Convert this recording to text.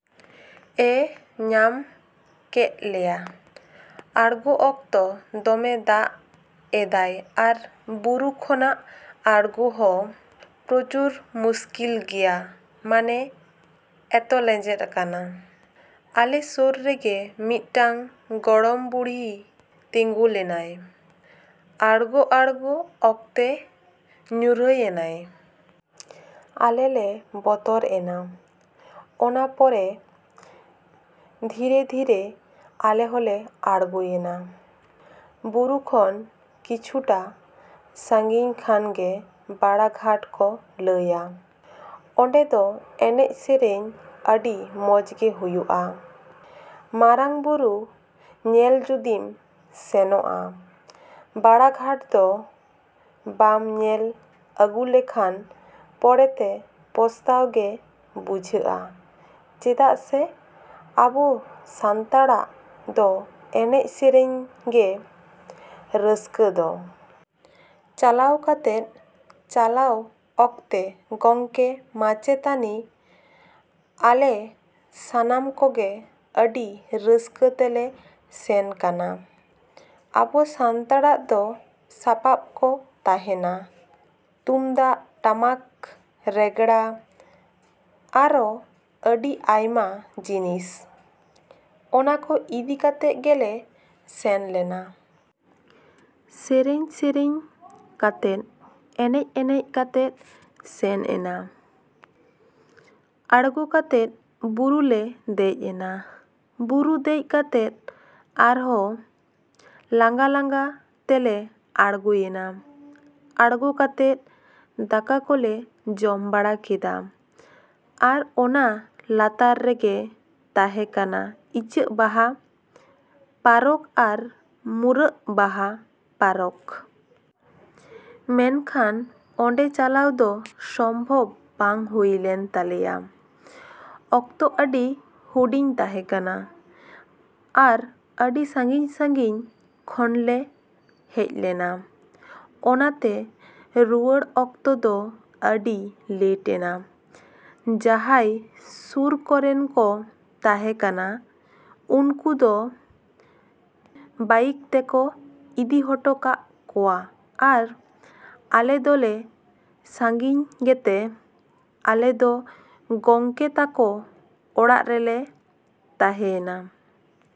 ᱮ ᱧᱟᱢ ᱠᱮᱜ ᱞᱮᱭᱟ᱾ ᱟᱲᱜᱚ ᱚᱠᱛᱚ ᱫᱚᱢᱮ ᱫᱟᱜ ᱮᱫᱟᱭ ᱟᱨ ᱵᱩᱨᱩ ᱠᱷᱚᱱᱟᱜ ᱟᱲᱜᱚ ᱦᱚᱸ ᱯᱨᱚᱪᱩᱨ ᱢᱩᱥᱠᱤᱞ ᱜᱮᱭᱟ ᱢᱟᱱᱮ ᱮᱛᱚ ᱞᱮᱸᱡᱮᱫ ᱠᱟᱱᱟ᱾ ᱟᱞᱮ ᱥᱩᱨ ᱨᱮᱜᱮ ᱢᱤᱫᱴᱟᱝ ᱜᱚᱲᱚᱢ ᱵᱩᱲᱦᱤ ᱛᱤᱸᱜᱩ ᱞᱮᱱᱟᱭ᱾ ᱟᱲᱜᱚ ᱟᱬᱜᱚ ᱚᱠᱛᱮ ᱧᱩᱨᱩᱭ ᱮᱱᱟᱭ᱾ ᱟᱞᱮ ᱞᱮ ᱵᱚᱛᱚᱨ ᱮᱱᱟ᱾ ᱚᱱᱟ ᱯᱚᱨᱮ ᱫᱷᱤᱨᱮ ᱫᱷᱤᱨᱮ ᱟᱞᱮ ᱦᱚᱸᱞᱮ ᱟᱬᱜᱚᱭᱮᱱᱟ᱾ ᱵᱩᱨᱩ ᱠᱷᱚᱱ ᱠᱤᱪᱷᱩᱴᱟ ᱥᱟᱺᱜᱤᱧ ᱠᱷᱟᱱᱜᱮ ᱵᱟᱲᱟ ᱜᱷᱟᱴ ᱠᱚ ᱞᱟᱹᱭᱟ, ᱚᱸᱰᱮ ᱫᱚ ᱮᱱᱮᱡ ᱥᱮᱨᱮᱧ ᱟᱹᱰᱤ ᱢᱚᱡᱽ ᱜᱮ ᱦᱩᱭᱩᱜᱼᱟ᱾ ᱢᱟᱨᱟᱝᱼᱵᱩᱨᱩ ᱧᱮᱞ ᱡᱩᱫᱤᱢ ᱥᱮᱱᱚᱜᱼᱟ, ᱵᱟᱲᱟ ᱜᱷᱟᱴ ᱫᱚ ᱵᱟᱢ ᱧᱮᱞ ᱟᱹᱜᱩ ᱞᱮᱠᱷᱟᱱ ᱯᱚᱨᱮᱛᱮ ᱯᱚᱥᱛᱟᱣ ᱜᱮ ᱵᱩᱡᱷᱟᱹᱜᱼᱟ ᱪᱮᱫᱟᱜ ᱥᱮ ᱟᱵᱚ ᱥᱟᱱᱛᱟᱲᱟᱜ ᱫᱚ ᱮᱱᱮᱡ ᱥᱮᱨᱮᱧ ᱜᱮ ᱨᱟᱹᱥᱠᱟᱹ ᱫᱚ᱾ ᱪᱟᱞᱟᱣ ᱠᱟᱛᱮ ᱪᱟᱞᱟᱣ ᱚᱠᱛᱮ ᱜᱚᱢᱠᱮ, ᱢᱟᱪᱮᱛᱟᱹᱱᱤ, ᱟᱞᱮ ᱥᱟᱱᱟᱢ ᱠᱚᱜᱮ ᱟᱹᱰᱤ ᱨᱟᱹᱥᱠᱟᱹ ᱛᱮᱞᱮ ᱥᱮᱱ ᱠᱟᱱᱟ᱾ ᱟᱵᱚ ᱥᱟᱱᱛᱟᱲᱟᱜ ᱫᱚ ᱥᱟᱯᱟᱯ ᱠᱚ ᱛᱟᱦᱮᱱᱟ ᱛᱩᱢᱫᱟᱜ, ᱴᱟᱢᱟᱠ, ᱨᱮᱸᱜᱽᱲᱟ ᱟᱨᱚ ᱟᱹᱰᱤ ᱟᱭᱢᱟ ᱡᱤᱱᱤᱥ᱾ ᱚᱱᱟ ᱠᱚ ᱤᱫᱤ ᱠᱟᱛᱮ ᱜᱮᱞᱮ ᱥᱮᱱ ᱞᱮᱱᱟ᱾ ᱥᱮᱨᱮᱧ ᱥᱮᱨᱮᱧ ᱠᱟᱛᱮ, ᱮᱱᱮᱡ ᱮᱱᱮᱡ ᱛᱮᱞᱮ ᱥᱮᱱ ᱮᱱᱟ᱾ ᱟᱬᱜᱳ ᱠᱟᱛᱮ ᱵᱩᱨᱩᱞᱮ ᱫᱮᱡ ᱮᱱᱟ᱾ ᱵᱩᱨᱩ ᱫᱮᱡ ᱠᱟᱛᱮ ᱟᱨᱚ ᱞᱟᱝᱜᱟ ᱞᱟᱝᱜᱟ ᱛᱮᱞᱮ ᱟᱬᱜᱚᱭ ᱮᱱᱟ᱾ ᱟᱬᱜᱳ ᱠᱟᱛᱮ ᱫᱟᱠᱟ ᱠᱚᱞᱮ ᱡᱚᱢ ᱵᱟᱲᱟ ᱠᱮᱫᱟ᱾ ᱟᱨ ᱚᱱᱟ ᱞᱟᱛᱟᱨ ᱨᱮᱜᱮ ᱛᱟᱦᱮᱸ ᱠᱟᱱᱟ ᱤᱪᱟᱹᱜ ᱵᱟᱦᱟ ᱯᱟᱨᱠ ᱟᱨ ᱢᱩᱨᱩᱜ ᱵᱟᱦᱟ ᱯᱟᱨᱠ᱾ ᱢᱮᱱᱠᱷᱟᱱ ᱚᱸᱰᱮ ᱪᱟᱞᱟᱣ ᱫᱚ ᱥᱚᱢᱵᱷᱚᱵ ᱵᱟᱝ ᱦᱩᱭᱞᱮᱱ ᱛᱟᱞᱮᱭᱟ᱾ ᱚᱠᱛᱚ ᱟᱹᱰᱤ ᱦᱩᱰᱤᱧ ᱛᱟᱦᱮᱸ ᱠᱟᱱᱟ ᱟᱨ ᱟᱹᱰᱤ ᱥᱟᱺᱜᱤᱧ ᱥᱟᱺᱜᱤᱧ ᱠᱷᱚᱱᱞᱮ ᱦᱮᱡ ᱞᱮᱱᱟ᱾ ᱚᱱᱟᱛᱮ ᱨᱩᱣᱟᱹᱲ ᱚᱠᱛᱚ ᱫᱚ ᱟᱹᱰᱤ ᱞᱮᱴ ᱮᱱᱟ᱾ ᱡᱟᱦᱟᱸᱭ ᱥᱩᱨ ᱠᱚᱨᱮᱱ ᱠᱚ ᱛᱟᱦᱮᱸ ᱠᱟᱱᱟ ᱩᱱᱠᱩ ᱫᱚ ᱵᱟᱭᱤᱠ ᱛᱮᱠᱚ ᱤᱫᱤ ᱦᱚᱴᱚ ᱠᱟᱜ ᱠᱚᱣᱟ ᱟᱨ ᱟᱞᱮ ᱫᱚᱞᱮ ᱥᱟᱺᱜᱤᱧ ᱜᱮᱛᱮ ᱟᱞᱮ ᱫᱚ ᱜᱚᱢᱠᱮ ᱛᱟᱠᱚ ᱚᱲᱟᱜ ᱨᱮᱜᱮᱞᱮ ᱛᱟᱦᱮᱸᱭ ᱮᱱᱟ᱾